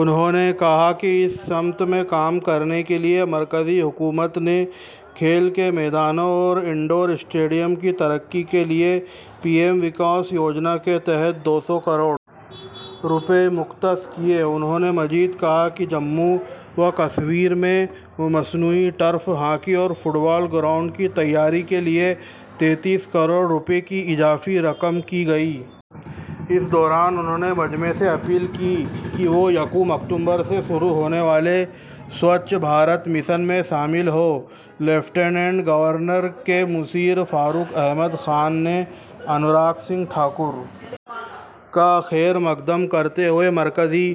انہوں نے کہا کہ اس سمت میں کام کرنے کے لیے مرکزی حکومت نے کھیل کے میدانوں اور انڈور اسٹیڈیم کی ترقی کے لیے پی ایم وکاس یوجنا کے تحت دو سو کروڑ روپے مختص کیے ہیں انہوں نے مزید کہا کہ جموں و کشمیر میں مصنوعی ٹرف ہاکی اور فٹبال گراؤنڈز کی تیاری کے لیے تینتیس کروڑ روپے کی اضافی رقم منظور کی گئی ہے اس دوران انہوں نے مجمع سے اپیل کی کہ وہ یکم اکتوبر سے شروع ہونے والے سوچھ بھارت مشن میں شامل ہوں لیفٹیننٹ گورنر کے مشیر فاروق احمد خان نے انوراگ سنگھ ٹھاکر کا خیرمقدم کرتے ہوئے مرکزی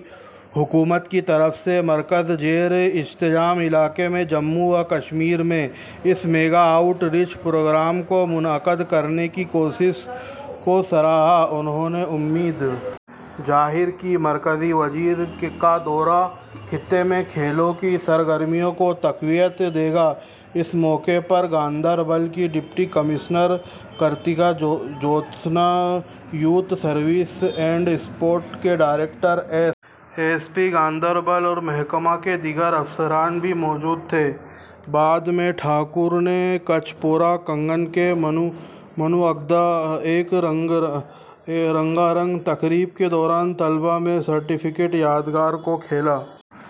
حکومت کی طرف سے مرکز کے زیر انتظام علاقے جموں و کشمیر میں اس میگا آؤٹ ریچ پروگرام کو منعقد کرنے کی کوششوں کو سراہا انہوں نے امید ظاہر کی کہ مرکزی وزیر کا یہ دورہ خطے میں کھیلوں کی سرگرمیوں کو تقویت دے گا اس موقع پر گاندربل کی deputy commissioner Kritika Jyotsna youth services and sports کے director S S P Ganderbal اور محکمہ کے دیگر افسران بھی موجود تھے بعد میں جناب ٹھاکر نے کچ پورہ کنگن میں منعقدہ ایک رنگا رنگ تقریب کے دوران طلباء میں سرٹیفکیٹ یادگار اور کھیلوں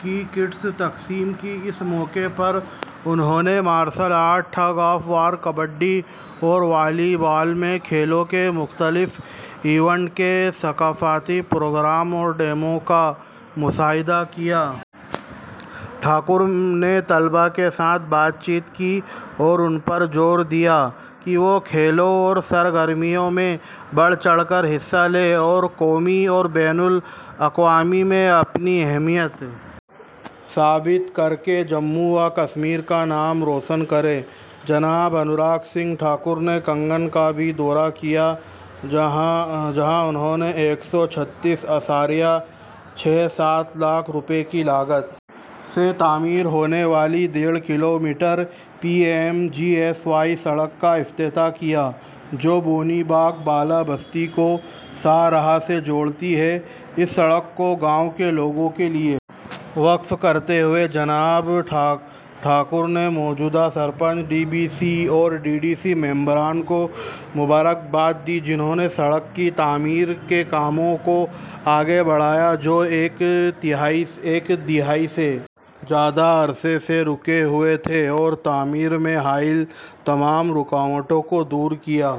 کی کٹس تقسیم کیں اس موقع پر انہوں نے martial arts tug of war kabaddi اور والی بال میں کھیلوں کے مختلف ایونٹس کے ثقافتی پروگرام اور ڈیمو کا بھی مشاہدہ کیا جناب ٹھاکر نے طلباء کے ساتھ بات چیت کی اور ان پر زور دیا کہ وہ کھیلوں کی سرگرمیوں میں بڑھ چڑھ کر حصہ لیں اور قومی اور بین الاقوامی مقابلوں میں اپنی اہمیت ثابت کر کے جموں و کشمیر کا نام روشن کریں جناب انوراگ سنگھ ٹھاکر نے کنگن کا بھی دورہ کیا جہاں انہوں نے ایک سو چھتیس اشاریہ چھ سات لاکھ روپے کی لاگت سے تعمیر ہونے والی ڈیڑھ kilometre P M G S Y سڑک کا افتتاح کیا جو بونی باغ بالا بستی کو شاہراہ سے جوڑتی ہے اس سڑک کو گاؤں کے لوگوں کے لیے وقف کرتے ہوئے جناب ٹھاکر نے موجودہ سرپنچ بی ڈی سی اور ڈی ڈی سی ممبران کو مبارکباد دی جنہوں نے سڑک کی تعمیر کے کاموں کو آگے بڑھایا جو ایک دہائی سے زیادہ عرصے سے رکے ہوئے تھے اور تعمیر میں حائل تمام رکاوٹوں کو دور کیا